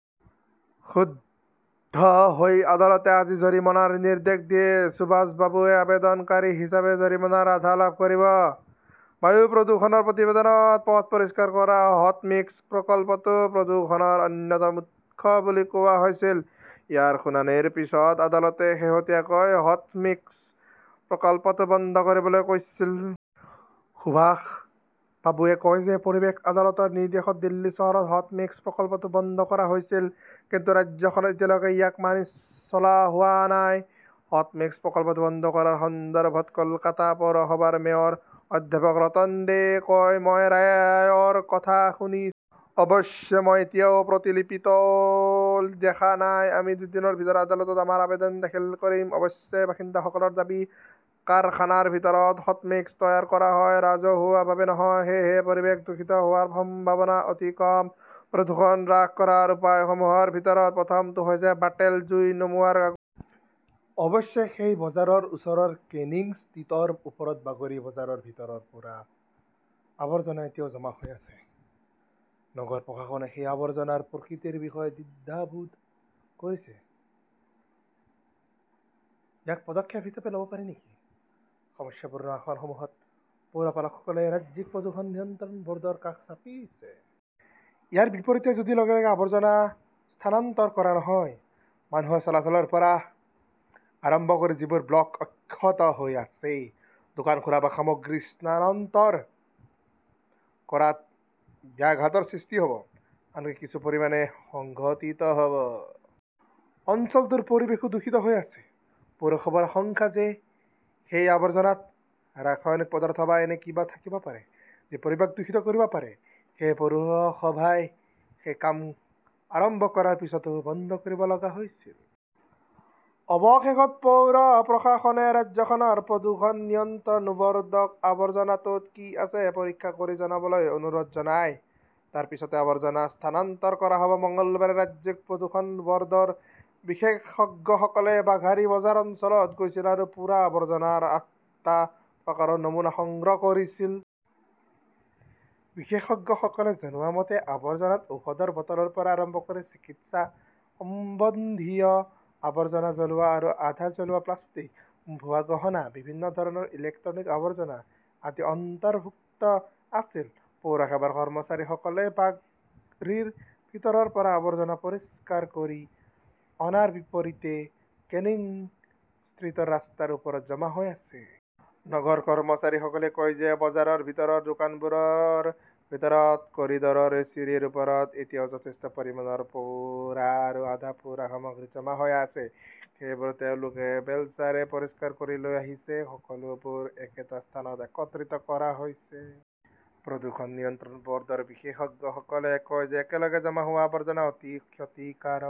ক্ষুব্ধ হৈ আদালতে আজি জৰিমনাৰ নিৰ্দেশ দিয়ে। সুভাষ বাবুৱে আবেদনকাৰী হিচাপে জৰিমনাৰ আধা লাভ কৰিব। বায়ু প্ৰদূষণৰ প্ৰতিবেদনত পথ পৰিষ্কাৰ কৰা "হট মিক্স" প্ৰকল্পটো প্ৰদূষণৰ অন্যতম উৎস বুলি কোৱা হৈছিল। ইয়াৰ শুনানিৰ পিছত আদালতে শেহতীয়াকৈ "হট মিক্স" প্ৰকল্পটো বন্ধ কৰিবলৈ কৈছিল। সুভাষ বাবুৱে কয় যে, পৰিৱেশ আদালতৰ নিৰ্দেশত দিল্লী চহৰত "হট মিক্স" প্ৰকল্পটো বন্ধ কৰা হৈছিল। কিন্তু ৰাজ্যখনত এতিয়ালৈকে ইয়াক মানি চলা হোৱা নাই। "হট মিক্স" প্ৰকল্পটো বন্ধ কৰাৰ সন্দৰ্ভত কলকাতা পৌৰসভাৰ মেয়ৰ অধ্যাপক ৰতন দেয়ে কয়, "মই ৰায়ৰ কথা শুনিছোঁ। অৱশ্যে মই এতিয়াও প্ৰতিলিপিটো দেখা নাই। আমি দুদিনৰ ভিতৰত আদালতত আমাৰ আবেদন দাখিল কৰিম"। অৱশ্যে বাসিন্দাসকলৰ দাবী- কাৰখানাৰ ভিতৰত হটমিক্স তৈয়াৰ কৰা হয়, ৰাজহুৱাভাৱে নহয়। সেয়েহে পৰিৱেশ দূষিত হোৱাৰ সম্ভাৱনা অতি কম। প্ৰদূষণ হ্ৰাস কৰাৰ উপায়সমূহৰ ভিতৰত প্ৰথমটো হৈছে বাতেল জুই নুমুৱাৰ আগতেই। অৱশ্যে, সেই বজাৰৰ ওচৰৰ কেনিং ষ্ট্ৰীটৰ ওপৰত বাগড়ী বজাৰৰ ভিতৰৰ পোৰা আৱৰ্জনা এতিয়াও জমা হৈ আছে। নগৰ প্ৰশাসনে সেই আৱৰ্জনাৰ প্ৰকৃতিৰ বিষয়ে দ্বিধাবোধ কৰিছে। ইয়াক পদক্ষেপ হিচাপে লব পাৰি নেকি? সমস্যাপূৰ্ণ আসনসমূহত পৌৰপালকসকলে ৰাজ্যিক প্ৰদূষণ নিয়ন্ত্ৰণ বৰ্ডৰ কাষ চাপিছে। ইয়াৰ বিপৰীতে, যদি লগে লগে আৱৰ্জনা স্থানান্তৰ কৰা নহয়, মানুহৰ চলাচলৰ পৰা আৰম্ভ কৰি যিবোৰ ব্লক অক্ষত হৈ আছে, দোকান খোলা বা সামগ্ৰী স্থানান্তৰ কৰাত ব্যাঘাতৰ সৃষ্টি হ 'ব, আনকি কিছু পৰিমাণে সংঘটিত হ' ব। অঞ্চলটোৰ পৰিৱেশো দূষিত হৈ আছে। পৌৰসভাৰ আশংকা যে সেই আৱৰ্জনাত ৰাসায়নিক পদাৰ্থ বা এনে কিবা থাকিব পাৰে, যি পৰিৱেশ দূষিত কৰিব পাৰে। সেয়েহে পৌৰসভাই সেই কাম আৰম্ভ কৰাৰ পিছতো বন্ধ কৰিব লগা হৈছিল। অৱশেষত পৌৰ প্ৰশাসনে ৰাজ্যখনৰ প্ৰদূষণ নিয়ন্ত্ৰণ বৰ্ডক আৱৰ্জনাটোত কি আছে পৰীক্ষা কৰি জনাবলৈ অনুৰোধ জনায়। তাৰ পিছতে আৱৰ্জনা স্থানান্তৰ কৰা হব। মঙলবাৰে ৰাজ্যিক প্ৰদূষণ বৰ্ডৰ বিশেষজ্ঞসকলে বাঘাৰী বজাৰ অঞ্চলত গৈছিল আৰু পোৰা আৱৰ্জনাৰ আঠটা প্ৰকাৰৰ নমুনা সংগ্ৰহ কৰিছিল। বিশেষজ্ঞসকলে জনোৱা মতে, আৱৰ্জনাত ঔষধৰ বটলৰ পৰা আৰম্ভ কৰি চিকিৎসা সম্বন্ধীয় আৱৰ্জনা, জ্বলোৱা আৰু আধা জ্বলোৱা প্লাষ্টিক, ভুৱা গহনা, বিভিন্ন ধৰণৰ ইলেক্ট্ৰনিক আৱৰ্জনা আদি অন্তৰ্ভুক্ত আছিল। পৌৰসেৱাৰ কৰ্মচাৰীসকলে বাগড়ীৰ ভিতৰৰ পৰা আৱৰ্জনা পৰিষ্কাৰ কৰি অনাৰ বিপৰীতে কেনিং ষ্ট্ৰীটৰ ৰাস্তাৰ ওপৰত জমা হৈ আছে। নগৰ কৰ্মচাৰীসকলে কয় যে, বজাৰৰ ভিতৰৰ, দোকানবোৰৰ ভিতৰত, কৰিডৰৰ চিৰিৰ ওপৰত এতিয়াও যথেষ্ট পৰিমাণৰ পোৰা আৰু আধা-পোৰা সামগ্ৰী জমা হৈ আছে। সেইবোৰ তেওঁলোকে বেলচাৰে পৰিষ্কাৰ কৰি লৈ আহিছে। সকলোবোৰ একেটা স্থানত একত্ৰিত কৰা হৈছে। প্ৰদূষণ নিয়ন্ত্ৰণ বৰ্ডৰ বিশেষজ্ঞসকলে কয় যে, একেলগে জমা হোৱা আৱৰ্জনা অতি ক্ষতিকাৰক।